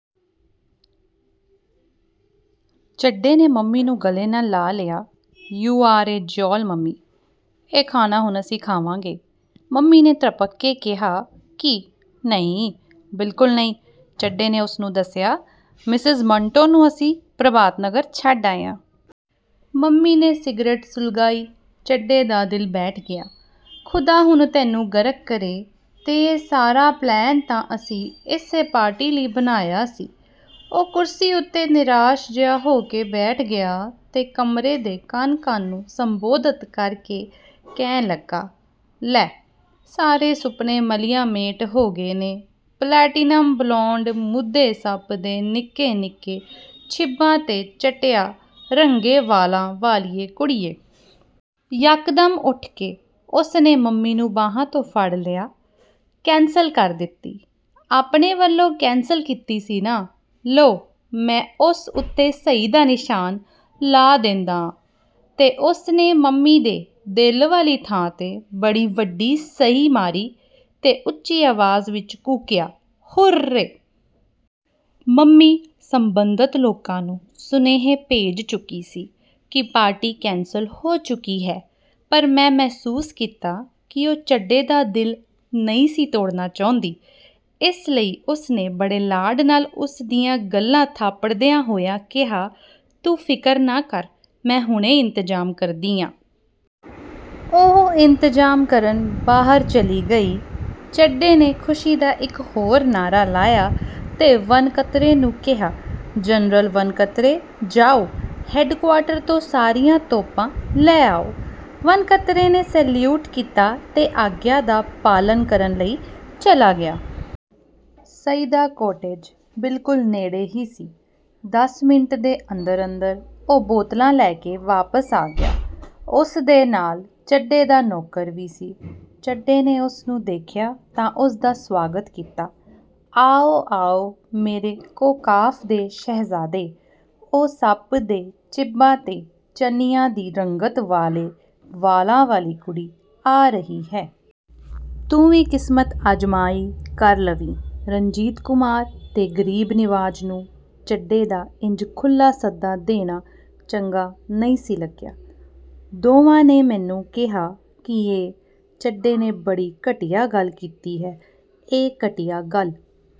ਚੱਡੇ ਨੇ ਮੰਮੀ ਨੂੰ ਗਲੇ ਨਾਲ ਲਾ ਲਿਆ, you are a jewel mummy! ਇਹ ਖਾਣਾ ਹੁਣ ਅਸੀਂ ਖਾਵਾਂਗੇ। " ਮੰਮੀ ਨੇ ਤ੍ਰਬਕ ਕੇ ਕਿਹਾ, "ਕੀ? ਨਹੀਂ, ਬਿਲਕੁਲ ਨਹੀਂ। "ਚੱਡੇ ਨੇ ਉਸਨੂੰ ਦੱਸਿਆ, "ਮਿਸੇਜ ਮੰਟੋ ਨੂੰ ਅਸੀਂ ਪ੍ਰਭਾਤ ਨਗਰ ਛੱਡ ਆਏ ਆਂ। "ਮੰਮੀ ਨੇ ਆਪਣੀ ਸਿਗਰੇਟ ਸੁਲਗਾਈ। ਚੱਡੇ ਦਾ ਦਿਲ ਬੈਠ ਗਿਆ। "ਖ਼ੁਦਾ ਹੁਣ ਤੈਨੂੰ ਗਰਕ ਕਰੇ ਤੇ ਇਹ ਸਾਰਾ ਪਲਾਨ ਤਾਂ ਅਸੀਂ ਇਸੇ ਪਾਰਟੀ ਲਈ ਬਣਾਇਆ ਸੀ। "ਉਹ ਕੁਰਸੀ ਉੱਤੇ ਨਿਰਾਸ਼ ਜਿਹਾ ਹੋ ਕੇ ਬੈਠ ਗਿਆ ਤੇ ਕਮਰੇ ਦੇ ਕਣ-ਕਣ ਨੂੰ ਸੰਬੋਧਤ ਕਰਕੇ ਕਹਿਣ ਲੱਗਾ, "ਲੈ, ਸਾਰੇ ਸੁਪਨੇ ਮਲੀਆਮੇਟ ਹੋ ਗਏ ਨੇ, ਪਲੇੈਟੀਨਮ ਬਲੌਂਡ, ਮੂਧੇ ਸੱਪ ਦੇ ਨਿੱਕੇ-ਨਿੱਕੇ ਛਿਭਾਂ ਤੇ ਚਟਿਆ ਰੰਗੇ ਵਾਲਾਂ ਵਾਲੀਏ ਕੁੜੀਏ। "ਯਕਦਮ ਉੱਠ ਕੇ ਉਸਨੇ ਮੰਮੀ ਨੂੰ ਬਾਹਾਂ ਤੋਂ ਫੜ੍ਹ ਲਿਆ, "ਕੈਂਸਲ ਕਰ ਦਿੱਤੀ, ਆਪਣੇ ਵੱਲੋਂ ਕੈਂਸਲ ਕੀਤੀ ਸੀ ਨਾ। ਲਓ, ਮੈਂ ਉਸ ਉੱਤੇ ਸਹੀ ਦਾ ਨਿਸ਼ਾਨ ਲਾ ਦੇਂਦਾ। "ਤੇ ਉਸਨੇ ਮੰਮੀ ਦੇ ਦਿਲ ਵਾਲੀ ਥਾਂ ਬੜੀ ਵੱਡੀ ਸਹੀ ਮਾਰੀ ਤੇ ਉੱਚੀ ਆਵਾਜ਼ ਵਿਚ ਕੂਕਿਆ, "ਹੁਰ-ਰੇ! " ਮੰਮੀ ਸੰਬੰਧਤ ਲੋਕਾਂ ਨੂੰ ਸੁਨੇਹੇ ਭੇਜ ਚੁੱਕੀ ਸੀ ਕਿ ਪਾਰਟੀ ਕੈਂਸਲ ਹੋ ਚੁੱਕੀ ਹੈ। ਪਰ ਮੈਂ ਮਹਿਸੂਸ ਕੀਤਾ ਕਿ ਉਹ ਚੱਡੇ ਦਾ ਦਿਲ ਨਹੀਂ ਸੀ ਤੋੜਨਾ ਚਾਹੁੰਦੀ। ਇਸ ਲਈ ਉਸਨੇ ਬੜੇ ਲਾਡ ਨਾਲ ਉਸ ਦੀਆਂ ਗੱਲ੍ਹਾਂ ਥਾਪੜਦਿਆਂ ਹੋਇਆਂ ਕਿਹਾ, "ਤੂੰ ਫਿਕਰ ਨਾ ਕਰ ਮੈਂ ਹੁਣੇ ਇੰਤਜ਼ਾਮ ਕਰਦੀ ਆਂ। " ਉਹ ਇੰਤਜ਼ਾਮ ਕਰਨ ਬਾਹਰ ਚਲੀ ਗਈ। ਚੱਡੇ ਨੇ ਖੁਸ਼ੀ ਦਾ ਇਕ ਹੋਰ ਨਾਅਰਾ ਲਾਇਆ ਤੇ ਵਣਕਤਰੇ ਨੂੰ ਕਿਹਾ, "ਜਨਰਲ ਵਣਕਤਰੇ ਜਾਓ, ਹੈਡਕਵਾਰਟਰ ਤੋਂ ਸਾਰੀਆਂ ਤੋਪਾਂ ਲੈ ਆਓ। "ਵਣਕਤਰੇ ਨੇ ਸੈਲਸੂਟ ਕੀਤਾ ਤੇ ਆਗਿਆ ਦਾ ਪਾਲਨ ਕਰਨ ਲਈ ਚਲਾ ਗਿਆ। ਸਈਦਾ ਕੋਟੇਜ ਬਿਲਕੁਲ ਨੇੜੇ ਹੀ ਸੀ। ਦਸ ਮਿੰਟ ਦੇ ਅੰਦਰ-ਅੰਦਰ ਉਹ ਬੋਤਲਾਂ ਲੈ ਕੇ ਵਾਪਸ ਆ ਗਿਆ। ਉਸਦੇ ਨਾਲ ਚੱਡੇ ਦਾ ਨੌਕਰ ਵੀ ਸੀ। ਚੱਡੇ ਨੇ ਉਸਨੂੰ ਦੇਖਿਆ ਤਾਂ ਉਸਦਾ ਸਵਾਗਤ ਕੀਤਾ, "ਆਓ, ਆਓ ਮੇਰੇ ਕੋਹਕਾਫ ਦੇ ਸ਼ਹਿਜ਼ਾਦੇ" ਉਹ ਸੱਪ ਦੇ ਚਿਬਾਂ ਤੇ ਚਣਿਆਂ ਦੀ ਰੰਗਤ ਵਾਲੇ ਵਾਲਾਂ ਵਾਲੀ ਕੁੜੀ ਆ ਰਹੀ ਹੈ। ਤੂੰ ਵੀ ਕਿਸਮਤ ਆਜਮਾਈ ਕਰ ਲਵੀਂ। "ਰਣਜੀਤ ਕੁਮਾਰ ਤੇ ਗਰੀਬ ਨਿਵਾਜ ਨੂੰ ਚੱਡੇ ਦਾ ਇੰਜ ਖੁੱਲ੍ਹਾ ਸੱਦਾ ਦੇਣਾ ਚੰਗਾ ਨਹੀਂ ਸੀ ਲੱਗਿਆ। ਦੋਵਾਂ ਨੇ ਮੈਨੂੰ ਕਿਹਾ ਕਿ ਇਹ ਚੱਡੇ ਨੇ ਬੜੀ ਘਟੀਆ ਗੱਲ ਕੀਤੀ ਹੈ। ਇਹ ਘਟੀਆ ਗੱਲ